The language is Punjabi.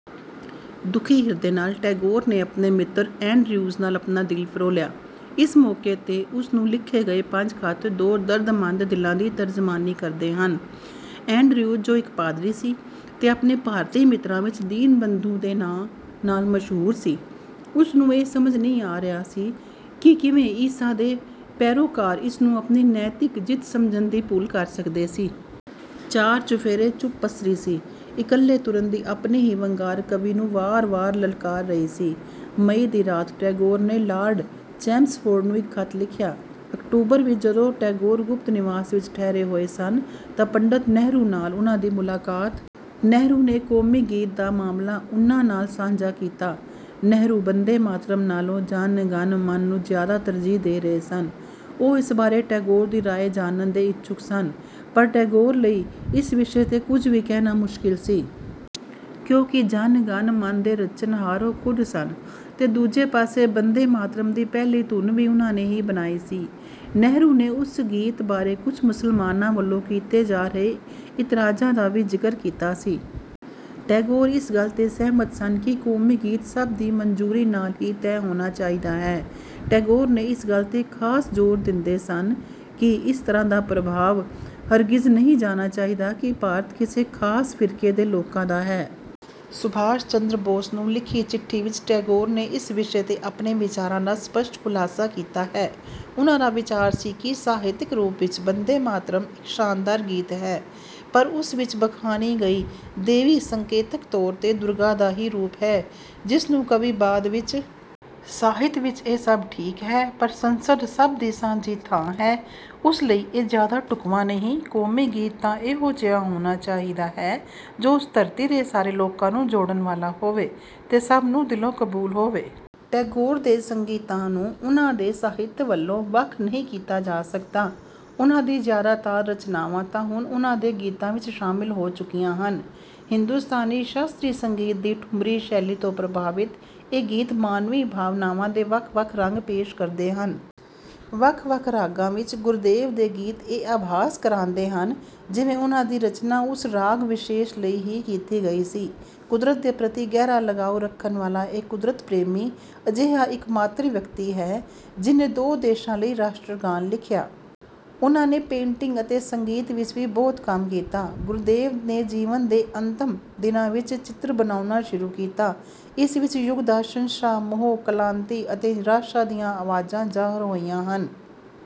ਦੁਖੀ ਹਿਰਦੇ ਨਾਲ ਟੈਗੋਰ ਨੇ ਆਪਣੇ ਮਿੱਤਰ ਐਂਡਰਿਉਜ਼ ਨਾਲ ਆਪਣਾ ਦਿਲ ਫ਼ਰੋਲਿਆ। ਇਸ ਮੌਕੇ 'ਤੇ ਉਸਨੂੰ ਲਿਖੇ ਗਏ ਪੰਜ ਖਤ ਦੋ ਦਰਦਮੰਦ ਦਿਲਾਂ ਦੀ ਤਰਜ਼ਮਾਨੀ ਕਰਦੇ ਹਨ। ਐਂਡਰਿਉਜ਼ ਜੋ ਇੱਕ ਪਾਦਰੀ ਸੀ, ਤੇ ਆਪਣੇ ਭਾਰਤੀ ਮਿੱਤਰਾਂ ਵਿੱਚ ਦੀਨਬੰਧੂ ਦੇ ਨਾਂ ਨਾਲ ਮਸ਼ਹੂਰ ਸੀ, ਉਸਨੂੰ ਇਹ ਸਮਝ ਨਹੀਂ ਸੀ ਆ ਰਿਹਾ ਕਿ ਕਿਵੇਂ "ਈਸਾ ਦੇ ਪੈਰੋਕਾਰ" ਇਸਨੂੰ ਆਪਣੀ ਨੈਤਿਕ ਜਿੱਤ ਸਮਝਣ ਦੀ ਭੁੱਲ ਕਰ ਸਕਦੇ ਸੀ। ਚਾਰ-ਚੁਫ਼ੇਰੇ ਚੁੱਪ ਪਸਰੀ ਸੀ, ਇਕੱਲੇ ਤੁਰਣ ਦੀ ਆਪਣੀ ਹੀ ਵੰਗਾਰ ਕਵੀ ਨੂੰ ਵਾਰ-ਵਾਰ ਲਲਕਾਰ ਰਹੀ ਸੀ। ਮਈ ਦੀ ਰਾਤ ਟੈਗੋਰ ਨੇ ਲਾਰਡ ਚੈਮਸਫ਼ੋਰਡ ਨੂੰ ਇੱਕ ਖਤ ਲਿਖਿਆ। ਅਕਤੂਬਰ ਵਿੱਚ ਜਦੋਂ ਟੈਗੋਰ ਗੋਪਤੂ ਨਿਵਾਸ ਵਿੱਚ ਠਹਿਰੇ ਹੋਏ ਸਨ ਤਾਂ ਪੰਡਿਤ ਨਹਿਰੂ ਨਾਲ ਉਨ੍ਹਾ ਦੀ ਮੁਲਾਕਾਤ ਹੋਈ। ਨਹਿਰੂ ਨੇ ਕੌਮੀ ਗੀਤ ਦਾ ਮਾਮਲਾ ਉਨ੍ਹਾ ਨਾਲ ਸਾਂਝਾ ਕੀਤਾ। ਨਹਿਰੂ ਬੰਦੇ-ਮਾਤਰਮ ਨਾਲੋਂ ਜਨ-ਗਣ-ਮਨ ਨੂੰ ਜ਼ਿਆਦਾ ਤਰਜ਼ੀਹ ਦੇ ਰਹੇ ਸੀ, ਉਹ ਇਸ ਬਾਰੇ ਟੈਗੋਰ ਦੀ ਰਾਇ ਜਾਣਨ ਦੇ ਇਛੁਕ ਸਨ। ਪਰ ਟੈਗੋਰ ਲਈ ਇਸ ਵਿਸ਼ੇ 'ਤੇ ਕੁਝ ਵੀ ਕਹਿਣਾ ਮੁਸ਼ਕਿਲ ਸੀ। ਕਿਉਂਕਿ ਜਨ-ਗਣ-ਮਨ ਦੇ ਰਚਣਹਾਰ ਉਹ ਖੁਦ ਸਨ ਤੇ ਦੂਜੇ ਪਾਸੇ ਬੰਦੇ-ਮਾਤਰਮ ਦੀ ਪਹਿਲੀ ਧੁਨ ਵੀ ਉਨ੍ਹਾ ਨੇ ਹੀ ਬਣਾਈ ਸੀ। ਨਹਿਰੂ ਨੇ ਉਸ ਗੀਤ ਬਾਰੇ ਕੁਝ ਮੁਸਲਮਾਨਾਂ ਵੱਲੋਂ ਕੀਤੇ ਜਾ ਰਹੇ ਇਤਰਾਜ਼ਾਂ ਦਾ ਵੀ ਜ਼ਿਕਰ ਕੀਤਾ ਸੀ। ਟੈਗੋਰ ਇਸ ਗੱਲ 'ਤੇ ਸਹਿਮਤ ਸਨ ਕਿ ਕੌਮੀ ਗੀਤ ਸਭ ਦੀ ਮੰਜ਼ੂਰੀ ਨਾਲ ਹੀ ਤਹਿ ਹੋਣਾ ਚਾਹੀਦਾ ਹੈ। ਟੈਗੋਰ ਨੇ ਇਸ ਗੱਲ 'ਤੇ ਖਾਸ ਜ਼ੋਰ ਦਿੰਦੇ ਸਨ ਕਿ ਇਸ ਤਰ੍ਹਾਂ ਦਾ ਪ੍ਰਭਾਵ ਹਰਗਿਜ਼ ਨਹੀਂ ਜਾਣਾ ਚਾਹੀਦਾ ਕਿ ਭਾਰਤ ਕਿਸੇ ਖਾਸ ਫ਼ਿਰਕੇ ਦੇ ਲੋਕਾਂ ਦਾ ਹੈ। ਸੁਭਾਸ਼ ਚੰਦਰ ਬੋਸ ਨੂੰ ਲਿਖੀ ਚਿੱਠੀ ਵਿੱਚ ਟੈਗੋਰ ਨੇ ਇਸ ਵਿਸ਼ੇ 'ਤੇ ਆਪਣੇ ਵਿਚਾਰਾਂ ਦਾ ਸਪਸ਼ਟ ਖੁਲਾਸਾ ਕੀਤਾ ਹੈ। ਉਨ੍ਹਾ ਦਾ ਵਿਚਾਰ ਸੀ ਕਿ ਸਾਹਿਤਕ ਰੂਪ ਵਿੱਚ ਬੰਦੇ-ਮਾਤਰਮ ਇੱਕ ਸ਼ਾਨਦਾਰ ਗੀਤ ਹੈ ਪਰ ਉਸ ਵਿੱਚ ਬਖਾਨੀ ਗਈ ਦੇਵੀ ਸੰਕੇਤਕ ਤੌਰ 'ਤੇ ਦੁਰਗਾ ਦਾ ਹੀ ਰੂਪ ਹੈ, ਜਿਸਨੂੰ ਕਵੀ ਬਾਦ ਵਿੱਚ ਬੰਗਾਲ ਦੇ ਰੂਪ ਵਿੱਚ ਪੇਸ਼ ਕਰਦਾ ਹੈ। ਸਾਹਿਤ ਵਿੱਚ ਇਹ ਸਭ ਠੀਕ ਹੈ ਪਰ ਸੰਸਦ ਸਭ ਦੀ ਸਾਂਝੀ ਥਾਂ ਹੈ ਉਸ ਲਈ ਇਹ ਜ਼ਿਆਦਾ ਢੁਕਵਾਂ ਨਹੀਂ। ਕੌਮੀ ਗੀਤ ਤਾਂ ਇਹੋ ਜਿਹਾ ਹੋਣਾ ਚਾਹੀਦਾ ਹੈ ਜੋ ਉਸ ਧਰਤੀ ਦੇ ਸਾਰੇ ਲੋਕਾਂ ਨੂੰ ਜੋੜਨ ਵਾਲਾ ਹੋਵੇ ਤੇ ਸਭ ਨੂੰ ਦਿਲੋਂ ਕਬੂਲ ਹੋਵੇ। ਟੈਗੋਰ ਦੇ ਸੰਗੀਤ ਨੂੰ ਉਨ੍ਹਾਂ ਦੇ ਸਾਹਿਤ ਵਲੋਂ ਵੱਖ ਨਹੀਂ ਕੀਤਾ ਜਾ ਸਕਦਾ। ਉਨ੍ਹਾਂ ਦੀ ਜਿਆਦਾਤਰ ਰਚਨਾਵਾਂ ਤਾਂ ਹੁਣ ਉਨ੍ਹਾਂ ਦੇ ਗੀਤਾਂ ਵਿੱਚ ਸ਼ਾਮਿਲ ਹੋ ਚੁੱਕੀਆਂ ਹਨ। ਹਿੰਦੁਸਤਾਨੀ ਸ਼ਾਸਤਰੀ ਸੰਗੀਤ ਦੀ ਠੁਮਰੀ ਸ਼ੈਲੀ ਤੋਂ ਪ੍ਰਭਾਵਿਤ ਇਹ ਗੀਤ ਮਾਨਵੀ ਭਾਵਨਾਵਾਂ ਦੇ ਵੱਖ-ਵੱਖ ਰੰਗ ਪੇਸ਼ ਕਰਦੇ ਹਨ। ਵੱਖ-ਵੱਖ ਰਾਗਾਂ ਵਿੱਚ ਗੁਰੁਦੇਵ ਦੇ ਗੀਤ ਇਹ ਆਭਾਸ ਕਰਾਂਦੇ ਹਨ ਜਿਵੇਂ ਉਨ੍ਹਾਂ ਦੀ ਰਚਨਾ ਉਸ ਰਾਗ ਵਿਸ਼ੇਸ਼ ਲਈ ਹੀ ਕੀਤੀ ਗਈ ਸੀ। ਕੁਦਰਤ ਦੇ ਪ੍ਰਤੀ ਗਹਿਰਾ ਲਗਾਉ ਰੱਖਣ ਵਾਲਾ ਇਹ ਕੁਦਰਤ ਪ੍ਰੇਮੀ ਅਜਿਹਾ ਇੱਕਮਾਤਰ ਵਿਅਕਤੀ ਹੈ ਜਿਨ੍ਹੇ ਦੋ ਦੇਸ਼ਾਂ ਲਈ ਰਾਸ਼ਟਰਗਾਨ ਲਿਖਿਆ। ਉਹਨਾਂ ਨੇ ਪੈਂਟਿੰਗ ਅਤੇ ਸੰਗੀਤ ਵਿੱਚ ਵੀ ਬਹੁਤ ਕੰਮ ਕੀਤਾ। ਗੁਰੁਦੇਵ ਨੇ ਜੀਵਨ ਦੇ ਅੰਤਮ ਦਿਨਾਂ ਵਿੱਚ ਚਿੱਤਰ ਬਣਾਉਣਾ ਸ਼ੁਰੂ ਕੀਤਾ। ਇਸ ਵਿੱਚ ਯੁੱਗ ਦਾ ਸੰਸ਼ਾ, ਮੋਹ, ਕਲਾਂਤੀ ਅਤੇ ਨਿਰਾਸ਼ਾ ਦੀਆਂ ਆਵਾਜਾਂ ਜ਼ਾਹਰ ਹੋਈਆਂ ਹਨ।